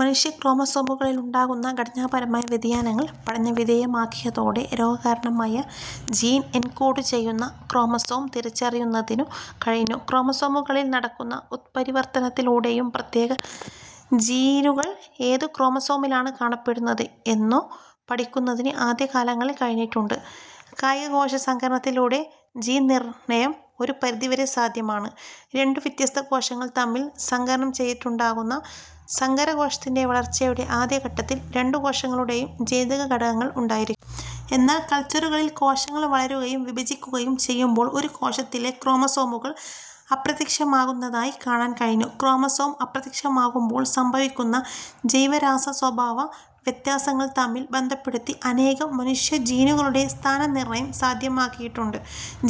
മനുഷ്യക്രോമസോമുകളിലുണ്ടാകുന്ന ഘടനാപരമായ വ്യതിയാനങ്ങൾ പഠനവിധേയമാക്കിയതോടെ രോഗകാരണമായ ജീൻ എൻകോഡു ചെയ്യുന്ന ക്രോമസോം തിരിച്ചറിയുന്നതിനും കഴിഞ്ഞു. ക്രോമസോമുകളിൽ നടക്കുന്ന ഉത്പരിവർത്തനത്തിലൂടെയും പ്രത്യേക ജീനുകൾ ഏതു ക്രോമസോമിലാണ് കാണപ്പെടുന്നത് എന്നു പഠിക്കുന്നതിന് ആദ്യകാലങ്ങളിൽ കഴിഞ്ഞിട്ടുണ്ട്. കായികകോശ സങ്കരണത്തിലൂടെയും ജീൻ നിർണയം ഒരു പരിധിവരെ സാധ്യമാണ്. രണ്ടു വ്യത്യസ്ത കോശങ്ങൾ തമ്മിൽ സങ്കരണം ചെയ്തുണ്ടാക്കുന്ന സങ്കരകോശത്തിന്റെ വളർച്ചയുടെ ആദ്യഘട്ടത്തിൽ രണ്ടു കോശങ്ങളുടേയും ജനിതക ഘടകങ്ങൾ ഉണ്ടായിരിക്കും. എന്നാൽ കൾച്ചറുകളിൽ കോശങ്ങൾ വളരുകയും വിഭജിക്കുകയും ചെയ്യുമ്പോൾ ഒരു കോശത്തിലെ ക്രോമസോമുകൾ അപ്രത്യക്ഷമാകുന്നതായി കാണാൻ കഴിഞ്ഞു. ക്രോമസോം അപ്രത്യക്ഷമാകുമ്പോൾ സംഭവിക്കുന്ന ജൈവരാസ സ്വഭാവ വ്യത്യാസങ്ങൾ തമ്മിൽ ബന്ധപ്പെടുത്തി അനേകം മനുഷ്യജീനുകളുടെ സ്ഥാനനിർണയം സാധ്യമായിട്ടുണ്ട്.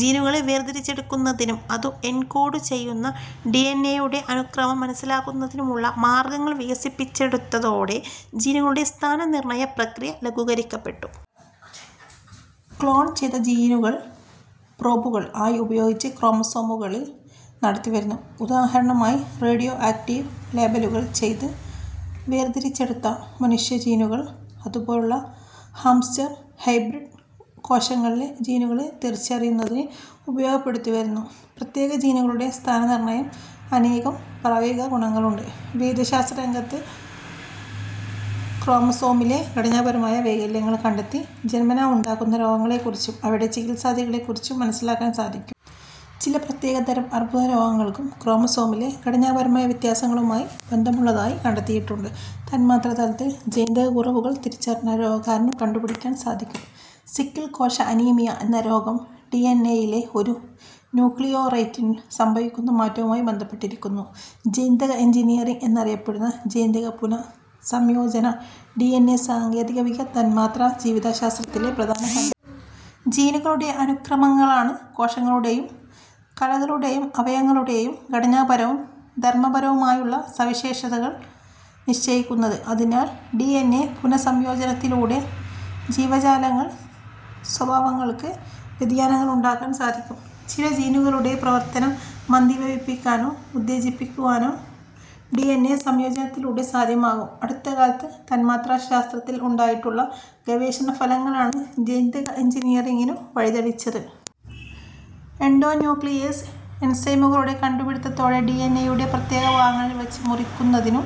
ജീനുകളെ വേർതിരിച്ചെടുക്കുന്നതിനും അതു എൻകോഡു ചെയ്യുന്ന ഡിഎൻഎ യുടെ അനുക്രമം മനസ്സിലാക്കുന്നതിനുമുള്ള മാർഗങ്ങൾ വികസിപ്പിച്ചെടുത്തതോടെ ജീനുകളുടെ സ്ഥാന നിർണയ പ്രക്രിയ ലഘൂകരിക്കപ്പെട്ടു. ക്ലോൺ ചെയ്ത ജീനുകൾ പ്രോബുകൾ ആയി ഉപയോഗിച്ച് ക്രോമസോമുകളിൽ ജീനുകളുടെ സ്ഥാനനിർണയം നടത്തിവരുന്നു. ഉദാഹരണമായി റേഡിയോ ആക്റ്റീവ് ലേബലുകൾ ചെയ്ത് വേർതിരിച്ചെടുത്ത മനുഷ്യ ജീനുകൾ അതുപോലുള്ള ഹാംസ്റ്റർ ഹൈബ്രിഡ് കോശങ്ങളിലെ ജീനുകളെ തിരിച്ചറിയുന്നതിന് ഉപയോഗപ്പെടുത്തിവരുന്നു. പ്രത്യേക ജീനുകളുടെ സ്ഥാനനിർണയത്തിന് അനേകം പ്രായോഗിക ഗുണങ്ങളുണ്ട്. വൈദ്യശാസ്ത്രരംഗത്ത് ക്രോമസോമിലെ ഘടനാപരമായ വൈകല്യങ്ങൾ കണ്ടെത്തി ജന്മനാ ഉണ്ടാകുന്ന രോഗങ്ങളെക്കുറിച്ചും അവയുടെ ചികിത്സാരീതികളെക്കുറിച്ചും മനസ്സിലാക്കാൻ സാധിക്കും. ചില പ്രത്യേകതരം അർബുദ രോഗങ്ങൾക്കും ക്രോമസോമിലെ ഘടനാപരമായ വ്യത്യാസങ്ങളുമായി ബന്ധമുള്ളതായി കണ്ടെത്തിയിട്ടുണ്ട്. തന്മാത്രാതലത്തിൽ ജനിതക കുറവുകൾ തിരിച്ചറിഞ്ഞാൽ രോഗകാരണം കണ്ടുപിടിക്കാൻ സാധിക്കും. സിക്കിൾ കോശ അനീമിയ എന്ന രോഗം ഡിഎൻഎ യിലെ ഒരു ന്യൂക്ലിയോറ്റൈഡിനു സംഭവിക്കുന്ന മാറ്റവുമായി ബന്ധപ്പെട്ടിരിക്കുന്നു.. ജനിതക എൻജിനീയറിങ് എന്നറിയപ്പെടുന്ന ജനിതക പുനഃസംയോജന ഡിഎൻഎ സാങ്കേതികവിദ്യ തന്മാത്രാജീവശാസ്ത്രത്തിലെ പ്രധാന കണ്ണിയാണ്. ജീനുകളുടെ അനുക്രമങ്ങളാണ് കോശങ്ങളുടേയും കലകളു ടേയും അവയവങ്ങളുടേയും ഘടനാപരവും ധർമപരവുമായുള്ള സവിശേഷതകൾ നിശ്ചയിക്കുന്നത്. അതിനാൽ ഡിഎൻഎ പുനഃ സംയോജനത്തിലൂടെ ജീവജാലങ്ങളിൽ സ്വഭാവങ്ങൾക്ക് വ്യതിയാനങ്ങളുണ്ടാക്കാൻ സാധിക്കും. ചില ജീനുകളുടെ പ്രവർത്തനം മന്ദീഭവിപ്പിക്കുവാനോ ഉത്തേജിപ്പിക്കുവാനോ ഡിഎൻഎ സംയോജനത്തിലൂടെ സാധ്യമാകും. അടുത്തകാലത്ത് തന്മാത്രാശാസ്ത്രത്തിൽ ഉണ്ടായിട്ടുള്ള ഗവേഷണ ഫലങ്ങളാണ് ജനിതക എൻജിനീയറിങ്ങിനു വഴിതെളിച്ചത്. എൻഡോന്യൂക്ലിയേസ് എൻസൈമുകളുടെ കണ്ടുപിടിത്തത്തോടെ ഡിഎൻഎയുടെ പ്രത്യേക ഭാഗങ്ങളിൽ വച്ച് മുറിക്കുന്നതിനും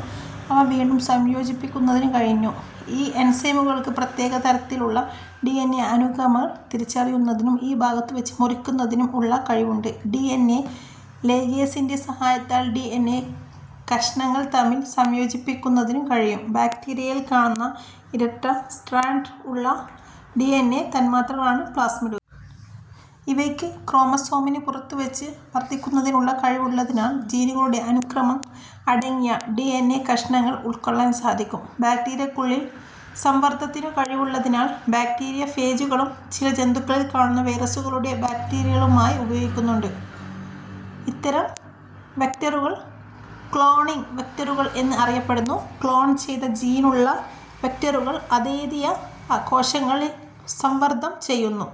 അവ വീണ്ടും സംയോജിപ്പിക്കുന്നതിനും കഴിഞ്ഞു. ഈ എൻസൈമുകൾക്ക് പ്രത്യേക തരത്തിലുള്ള ഡിഎൻഎ അനുക്രമങ്ങൾ തിരിച്ചറിയുന്നതിനും ഈ ഭാഗത്തുവച്ച് മുറിക്കുന്നതിനും ഉള്ള കഴിവുണ്ട്. ഡിഎൻഎ ലൈഗേസിന്റെ സഹായത്താൽ ഡിഎൻഎ കഷണങ്ങൾ തമ്മിൽ സംയോജിപ്പിക്കുന്നതിനും കഴിയും. ബാക്ടീരിയയിൽ കാണുന്ന ഇരട്ട സ്ട്രാൻഡ് ഉള്ള ഡിഎൻഎ തന്മാത്രകളാണ് പ്ലാസ്മിഡുകൾ. ഇവയ്ക്ക് ക്രോമസോമിന് പുറത്തുവച്ച് വർധിക്കുന്നതിനുള്ള കഴിവുള്ളതിനാൽ ജീനുകളുടെ അനുക്രമം അടങ്ങിയ ഡിഎൻഎ കഷണങ്ങൾ ഉൾക്കൊള്ളാൻ സാധിക്കുന്നു. ബാക്ടീരിയ്ക്കുള്ളിൽ സംവർധനത്തിനു കഴിവുള്ളതിനാൽ ബാക്ടീരിയ ഫേജുകളും ചില ജന്തുക്കളിൽ കാണുന്ന വൈറസുകളുടെ വെക്ടറുകളായി ഉപയോഗിക്കുന്നുണ്ട്. ഇത്തരം വെക്ടറുകൾ ക്ളോണിങ് വെക്ടറുകൾ എന്ന് അറിയപ്പെടുന്നു. ക്ളോൺ ചെയ്ത ജീനുള്ള വെക്ടറുകൾ ആതിഥേയ കോശങ്ങളിൽ സംവർധനം ചെയ്യുന്നു.